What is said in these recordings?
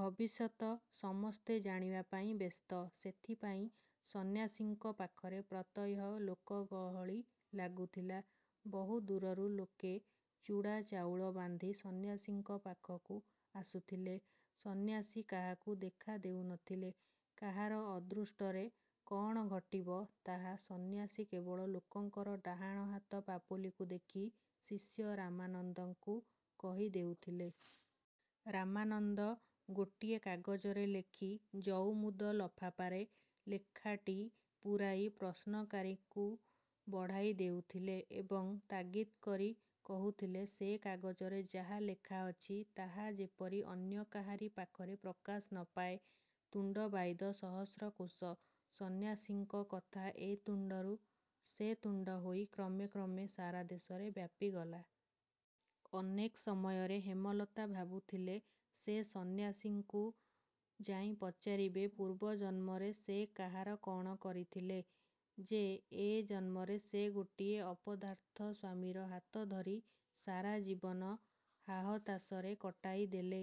ଭବିଷ୍ୟତ ସମସ୍ତେ ଜାଣିବା ପାଇଁ ବ୍ୟସ୍ତ। ସେଥିପାଇଁ ସନ୍ୟାସୀଙ୍କ ପାଖରେ ପ୍ରତ୍ୟହ ଲୋକ ଗହଳି ଲାଗୁଥିଲା। ବହୁ ଦୂରରୁ ଲୋକେ ଚୁଡ଼ା, ଚାଉଳ ବାନ୍ଧି ସନ୍ୟାସୀଙ୍କ ପାଖକୁ ଆସୁଥିଲେ। ସନ୍ୟାସୀ କାହାକୁ ଦେଖାଦେଉନଥିଲେ। କାହାର ଅଦୃଷ୍ଟରେ କ'ଣ ଘଟିବ ତାହା ସନ୍ୟାସୀ କେବଳ ଲୋକର ଡାହାଣ ହାତ ପାପୁଲିକୁ ଦେଖି ଶିଷ୍ୟ ରାମାନନ୍ଦଙ୍କୁ କହିଦେଉଥିଲେ। ରାମାନନ୍ଦ ଗୋଟିଏ କାଗଜରେ ଲେଖି ଜଉମୁଦ ଲଫାପାରେ ଲେଖାଟି ପୂରାଇ ପ୍ରଶ୍ନକାରୀକୁ ବଢ଼ାଇ ଦେଉଥିଲେ ଏବଂ ତାଗିଦ୍ କରି କହୁଥିଲେ ସେ କାଗଜରେ ଯାହା ଲେଖାଅଛି ତାହା ଯେପରି ଅନ୍ୟ କାହାରି ପାଖରେ ପ୍ରକାଶ ନ ପାଏ। ତୁଣ୍ଡ ବାଇଦ ସହସ୍ର କୋଶ। ସନ୍ୟାସୀଙ୍କ କଥା ଏ ତୁଣ୍ଡରୁ ସେ ତୁଣ୍ଡ ହୋଇ କ୍ରମେ କ୍ରମେ ସାରା ଦେଶରେ ବ୍ଯାପିଗଲା। ଅନେକ ସମୟରେ ହେମଲତା ଭାବୁଥିଲେ ସେ ସନ୍ୟାସୀଙ୍କୁ ଯାଇ ପଚାରିବେ ପୂର୍ବ ଜନ୍ମରେ ସେ କାହାର କ'ଣ କରିଥିଲେ ଯେ ଏ ଜନ୍ମରେ ସେ ଗୋଟିଏ ଅପଦାର୍ଥ ସ୍ୱାମୀର ହାତଧରି ସାରା ଜୀବନ ହାହତାଶରେ କଟାଇଦେଲେ।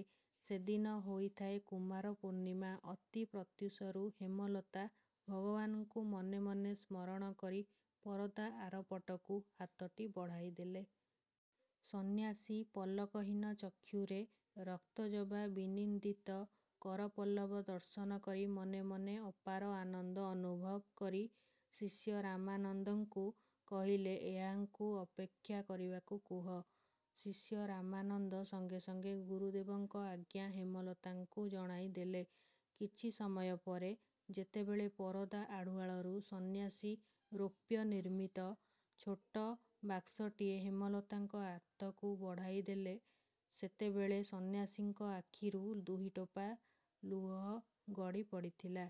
ସେଦିନ ହୋଇଥାଏ କୁମାରପୂର୍ଣ୍ଣିମା। ଅତି ପ୍ରତ୍ୟୁଷରୁ ହେମଲତା ଭଗବାନଙ୍କୁ ମନେମନେ ସ୍ମରଣ କରି ପରଦା ଆରପଟକୁ ହାତଟି ବଢ଼ାଇଦେଲେ। ସନ୍ୟାସୀ ପଲକହୀନ ଚକ୍ଷୁରେ ସେହି ରକ୍ତଜବା ବିନିନ୍ଦିତ କରପଲ୍ଲବ ଦର୍ଶନ କରି ମନେମନେ ଅପାର ଆନନ୍ଦ ଅନୁଭବ କରି ଶିଷ୍ୟ ରାମାନନ୍ଦଙ୍କୁ କହିଲେ, ''ଏହାଙ୍କୁ ଅପେକ୍ଷା କରିବାକୁ କୁହ। '' ଶିଷ୍ୟ ରାମାନନ୍ଦ ସଙ୍ଗେ ସଙ୍ଗେ ଗୁରୁଦେବଙ୍କ ଆଜ୍ଞା ହେମଲତାଙ୍କୁ ଜଣାଇଦେଲେ। କିଛି ସମୟ ପରେ ଯେତେବେଳେ ପରଦା ଆଢ଼ୁଆଳରୁ ସନ୍ୟାସୀ ରୌପ୍ୟ ନିର୍ମିତ ଛୋଟ ବାକ୍ସଟିଏ ହେମଲତାଙ୍କ ହାତକୁ ବଢ଼ାଇଦେଲେ, ସେତେବେଳେ ସନ୍ୟାସୀଙ୍କ ଆଖିରୁ ଦୁଇଟୋପା ଲୁହ ଗଡ଼ି ପଡ଼ିଥିଲା।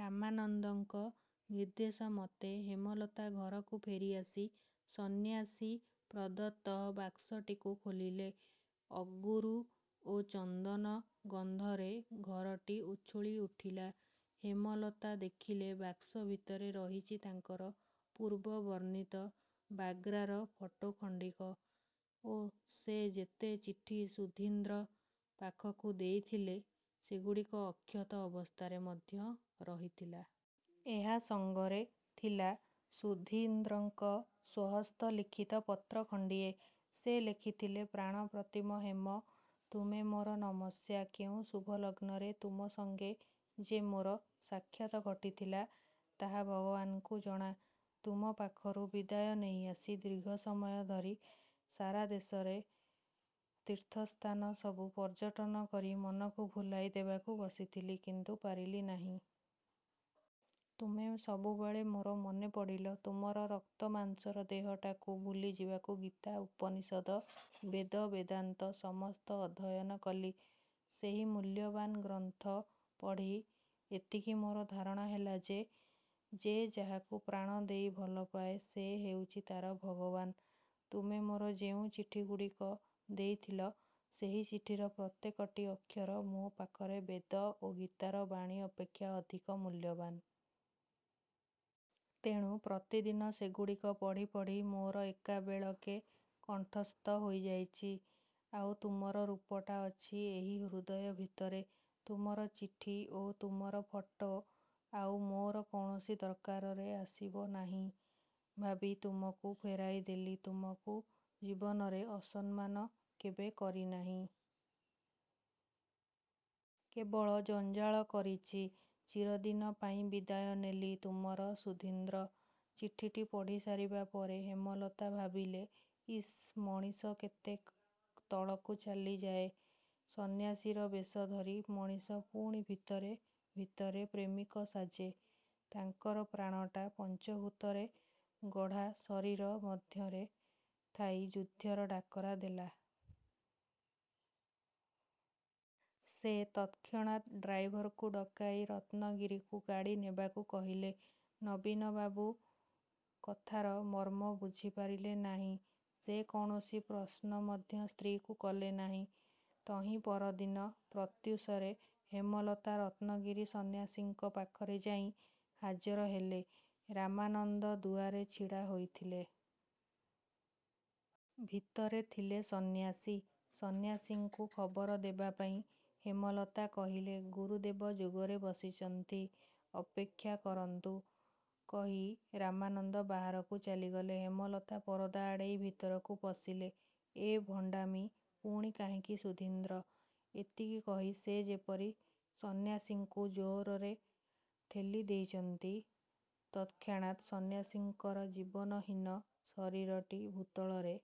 ରାମାନନ୍ଦଙ୍କ ନିର୍ଦ୍ଦେଶମତେ ହେମଲତା ଘରକୁ ଫେରିଆସି ସନ୍ୟାସୀ ପ୍ରଦତ୍ତ ବାକ୍ସଟିକୁ ଖୋଲିଲେ। ଅଗୁରୁ ଓ ଚନ୍ଦନ ଗନ୍ଧରେ ଘରଟି ଉଛୁଳିଉଠିଲା। ହେମଲତା ଦେଖିଲେ ବାକ୍ସ ଭିତରେ ରହିଛି ତାଙ୍କର ପୂର୍ବ ବର୍ଣ୍ଣିତ ବାଗ୍ରାର ଫଟୋ ଖଣ୍ଡିକ ଓ ସେ ଯେତେ ଚିଠି ସୁଧୀନ୍ଦ୍ର ପାଖକୁ ଦେଇଥିଲେ, ସେଗୁଡ଼ିକ ଅକ୍ଷତ ଅବସ୍ଥାରେ ମଧ୍ୟ ରହିଥିଲା। ଏହା ସଙ୍ଗରେ ଥିଲା ସୁଧୀନ୍ଦ୍ରଙ୍କ ସ୍ୱହସ୍ତ ଲିଖିତ ପତ୍ର ଖଣ୍ଡିଏ। ସେ ଲେଖିଥିଲେ ''ପ୍ରାଣପ୍ରତିମ ହେମ! '' ତୁମେ ମୋର ନମସ୍ୟା। କେଉଁ ଶୁଭଲଗ୍ନରେ ତୁମ ସଙ୍ଗେ ଯେ ମୋର ସାକ୍ଷାତ ଘଟିଥିଲା, ତାହା ଭଗବାନଙ୍କୁ ଜଣା। ତୁମ ପାଖରୁ ବିଦାୟ ନେଇ ଆସି ଦୀର୍ଘସମୟ ଧରି ସାରାଦେଶର ତୀର୍ଥସ୍ଥାନ ସବୁ ପର୍ଯ୍ୟଟନ କରି ମନକୁ ଭୁଲାଇ ଦେବାକୁ ବସିଥିଲି କିନ୍ତୁ ପାରିଲି ନାହିଁ-। ତୁମେ ସବୁବେଳେ ମୋର ମନେପଡ଼ିଲ। ତୁମର ରକ୍ତମାଂସର ଦେହଟାକୁ ଭୁଲିଯିବାକୁ ଗୀତା, ଉପନିଷଦ, ବେଦ, ବେଦାନ୍ତ ସମସ୍ତ ଅଧ୍ୟୟନ କଲି। ସେହି ମୂଲ୍ୟବାନ୍ ଗ୍ରନ୍ଥ ପଢ଼ି ଏତିକି ମୋର ଧାରଣା ହେଲା ଯେ, ଯେ ଯାହାକୁ ପ୍ରାଣଦେଇ ଭଲପାଏ ସେ ହେଉଛି ତା'ର ଭଗବାନ। ତୁମେ ଯେଉଁ ଚିଠିଗୁଡ଼ିକ ଦେଇଥିଲ, ସେହି ଚିଠିର ପ୍ରତ୍ୟେକଟି ଅକ୍ଷର ମୋ ପାଖରେ ବେଦ ଓ ଗୀତାର ବାଣୀ ଅପେକ୍ଷା ଅଧିକ ମୂଲ୍ୟବାନ। ତେଣୁ ପ୍ରତିଦିନ ସେଗୁଡ଼ିକ ପଢ଼ିପଢ଼ି ମୋର ଏକାବେଳକେ କଣ୍ଠସ୍ଥ ହୋଇଯାଇଛି। ଆଉ ତୁମର ରୂପଟା ଅଛି ଏହି ହୃଦୟ ଭିତରେ। ତୁମର ଚିଠି ଓ ତୁମର ଫଟୋ ଆଉ ମୋର କୌଣସି ଦରକାରରେ ଆସିବ ନାହିଁ ଭାବି ତୁମକୁ ଫେରାଇଦେଲି। ତୁମକୁ ଜୀବନରେ ଅସମ୍ମାନ କେବେ କରିନାହିଁ। କେବଳ ଜଞ୍ଜାଳ କରିଛି-। ଚିରଦିନ ପାଇଁ ବିଦାୟ ନେଲି। ତୁମର ସୁଧୀନ୍ଦ୍ର। '' ଚିଠିଟି ପଢ଼ିସାରିବା ପରେ ହେମଲତା ଭାବିଲେ, ''ଇସ୍ ମଣିଷ କେତେ ତଳକୁ ଚାଲିଯାଏ। ସନ୍ୟାସୀର ବେଶଧରି ମଣିଷ ପୁଣି ଭିତରେ ଭିତରେ ପ୍ରେମିକ ସାଜେ? '' ତାଙ୍କର ପ୍ରାଣଟା ପଞ୍ଚଭୂତରେ ଗଢ଼ା ଶରୀର ମଧ୍ୟରେ ଥାଇ ଯୁଦ୍ଧର ଡାକରା ଦେଲା। ସେ ତତ୍କ୍ଷଣାତ ଡ୍ରାଇଭରକୁ ଡକାଇ ରତ୍ନଗିରିକୁ ଗାଡ଼ି ନେବାକୁ କହିଲେ। ନବୀନବାବୁ କଥାର ମର୍ମ ବୁଝିପାରିଲେ ନାହିଁ। ସେ କୌଣସି ପ୍ରଶ୍ନ ମଧ୍ୟ ସ୍ତ୍ରୀକୁ କଲେ ନାହିଁ। ତହିଁ ପରଦିନ ପ୍ରତ୍ୟୁଷରେ ହେମଲତା ରତ୍ନଗିରି ସନ୍ୟାସୀଙ୍କ ପାଖରେ ଯାଇ ହାଜର ହେଲେ। ରାମାନନ୍ଦ ଦୁଆରେ ଛିଡ଼ା ହୋଇଥିଲେ। ଭିତରେ ଥିଲେ ସନ୍ୟାସୀ। ସନ୍ୟାସୀଙ୍କୁ ଖବର ଦେବାପାଇଁ ହେମଲତା କହିଲେ। ''ଗୁରୁଦେବ ଯୋଗରେ ବସିଛନ୍ତି। ଅପେକ୍ଷା କରନ୍ତୁ। '' କହି ରାମାନନ୍ଦ ବାହାରକୁ ଚାଲିଗଲେ। ହେମଲତା ପରଦା ଆଡ଼େଇ ଭିତରକୁ ପଶିଲେ। ''ଏ ଭଣ୍ଡାମି ପୁଣି କାହିଁକି ସୁଧୀନ୍ଦ୍ର? '' ଏତିକି କହି ସେ ଯେପରି ସନ୍ୟାସୀଙ୍କୁ ଜୋରରେ ଠେଲି ଦେଇଛନ୍ତି ତତ୍କ୍ଷଣାତ୍ ସନ୍ୟାସୀଙ୍କର ଜୀବନହୀନ ଶରୀରଟି ଭୂତଳରେ।